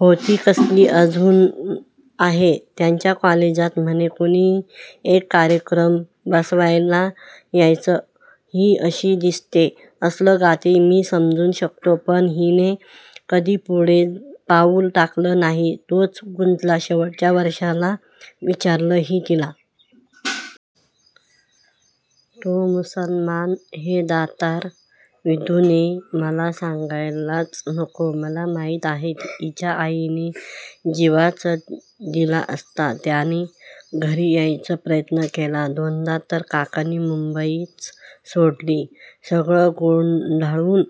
होती कसली, अजून आहे. त्यांच्या कॉलेजात म्हणे कुणी एक कार्यक्रम बसवायला यायचा. ही अशी दिसते, असलं गाते, मी समजू शकतो. पण हिने कधी पुढे पाऊल टाकलं नाही, तोच गुंतला. शेवटच्या वर्षाला विचारलंही तिला. तो मुसलमान, हे दातार. विदूने मला सांगायलाच नको, मला माहीत आहे, हिच्या आईने जीवच दिला असता. त्याने घरी यायचा प्रयत्न केला दोनदा तर काकांनी मुंबईच सोडली सगळं गुंडाळून.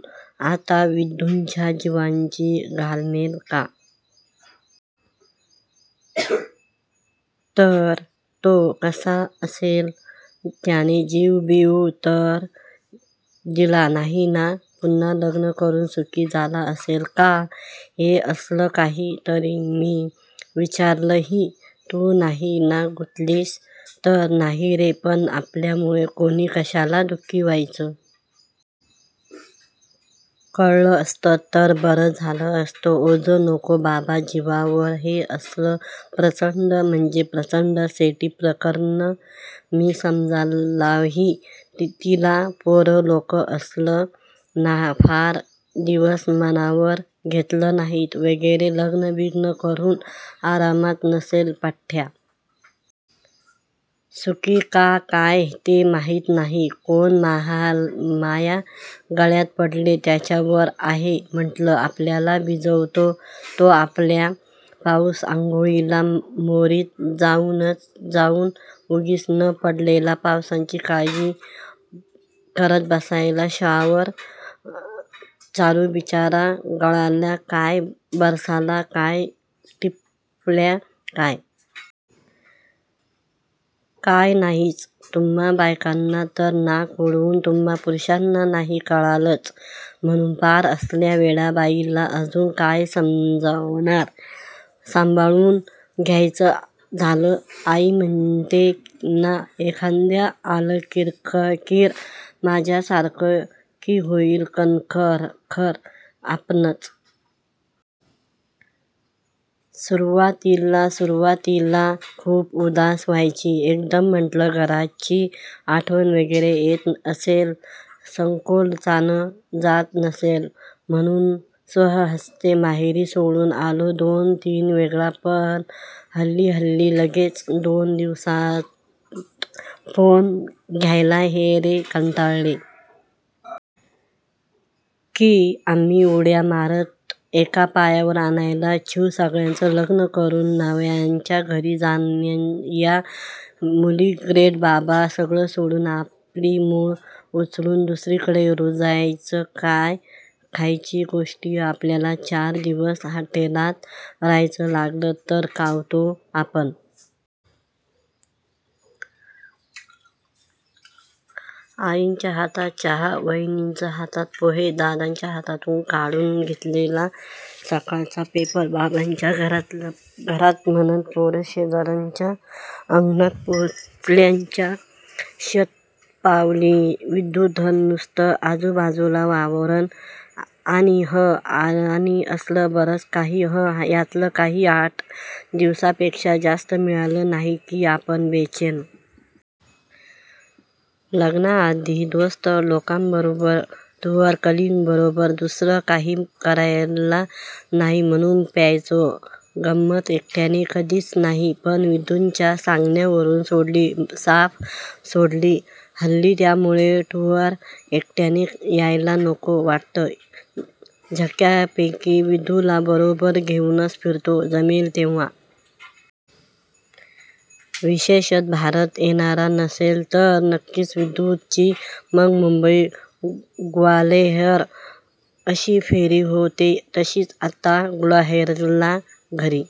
आता विदूच्या जीवाची घालमेल का? तर, तो कसा असेल? त्याने जीव-बीव तर दिला नाही ना? पुन्हा लग्न करून सुखी झाला असेल का? हे असलं काही तरी. मी विचारलंही तू नाही ना गुंतलीस? तर, 'नाही रे. पण आपल्यामुळे कोणी कशाला दु:खी व्हायचं? कळलं असतं तर बरं झालं असतं. ओझं नको बाबा जीवावर! ' हे असलं! प्रच्चंड म्हणजे प्रच्चंड सेंटी प्रकर्णं! मी समजावलंही तिला. पोरं लोक असलं फार दिवस मनावर घेत नाहीत वगैरे. लग्नं बिग्नं करून आरामात असेल पठ्ठ्या. सुखी का काय ते माहीत नाही. कोण महामाया गळ्यात पडते त्याच्यावर आहे. म्हटलं, आपल्याला भिजवतो तो आपला पाऊस. आंघोळीला मोरीत जाऊनच्या जाऊन उगीच न पडलेल्या पावसाची काळजी करत बसायचं. शॉवर चालू बिच्चारा, गळला काय, बरसला काय, ठिबकला काय? काय नाहीच तुम्हा बायकांना. तर नाक उडवून "तुम्हा पुरुषांना नाही कळायचं" म्हणून पार! असल्या वेडाबाईला अजून काय समजावणार? संभाळून घ्यायचं झालं. आई म्हणते ना, एखादं आलं किरकिरं माझ्या सारखं की होईल कणखर आपणंच. सुरुवातीला सुरुवातीला खूप उदास व्हायची एकदम. म्हटलं, घरच्यांची आठवण वगैरे येत असेल, संकोचानं जात नसेल म्हणून स्वहस्ते माहेरी सोडून आलो दोन-तीन वेळा. पण हल्ली हल्ली लग्गेच दोन दिवसात फोन! "घायला ये रे, कंटाळले". की आम्ही उड्या मारत एका पायावर आणायला छू सगळ्याच लग्नं करून नवयाच्या घरी जाणाया मुली ग्रेट बाबा. सगळं सोडून आपली मुळं उचलून दुसरीकडे रुजायचं. काय खायची गोष्टंय? आपल्याला चार दिवस हॉटेलात रहायला लागलं तर कावतो आपण. आईच्या हातचा चहा, वहिनीच्य हातचे पोहे, दादाच्या हातातून काढून घेतलेला सकाळचा पेपर, बाबांच्या घरातल्या घरात म्हणत पार शेजारच्यांच्या अंगणात पोचलेल्या शतपावली, विदूचंन नुसतं आजूबाजूला वावरणं आणि हं! आणि असलं बरंच काही. हॅ. यातलं काहीही आठ दिवसांपेक्षा जास्त मिळालं नाही की आपण बेचैन. लग्नाआधी दोस्त लोकांबरोबर, टुरवर कलीग बरोबर, दुसरं काही करायला नाही म्हणुन प्यायचो, गं म्म त! एकट्याने कधीच नाही. पण विदूच्या सांगण्यावरून सोडली. साफ सोडली. हल्ली त्यामुळेच टूरवर एकट्याने यायला नको वाटतं झक्कासपैकी विदूला बरोबर घेऊनच फिरतो जमेल तेव्हा. विशेषत: भारतात येणार असेन तर नक्कीच. विदुची मग मुंबई, ग्वाल्हेर अशी फेरी होते. तशीच आता ग्वाल्हेरला घरी--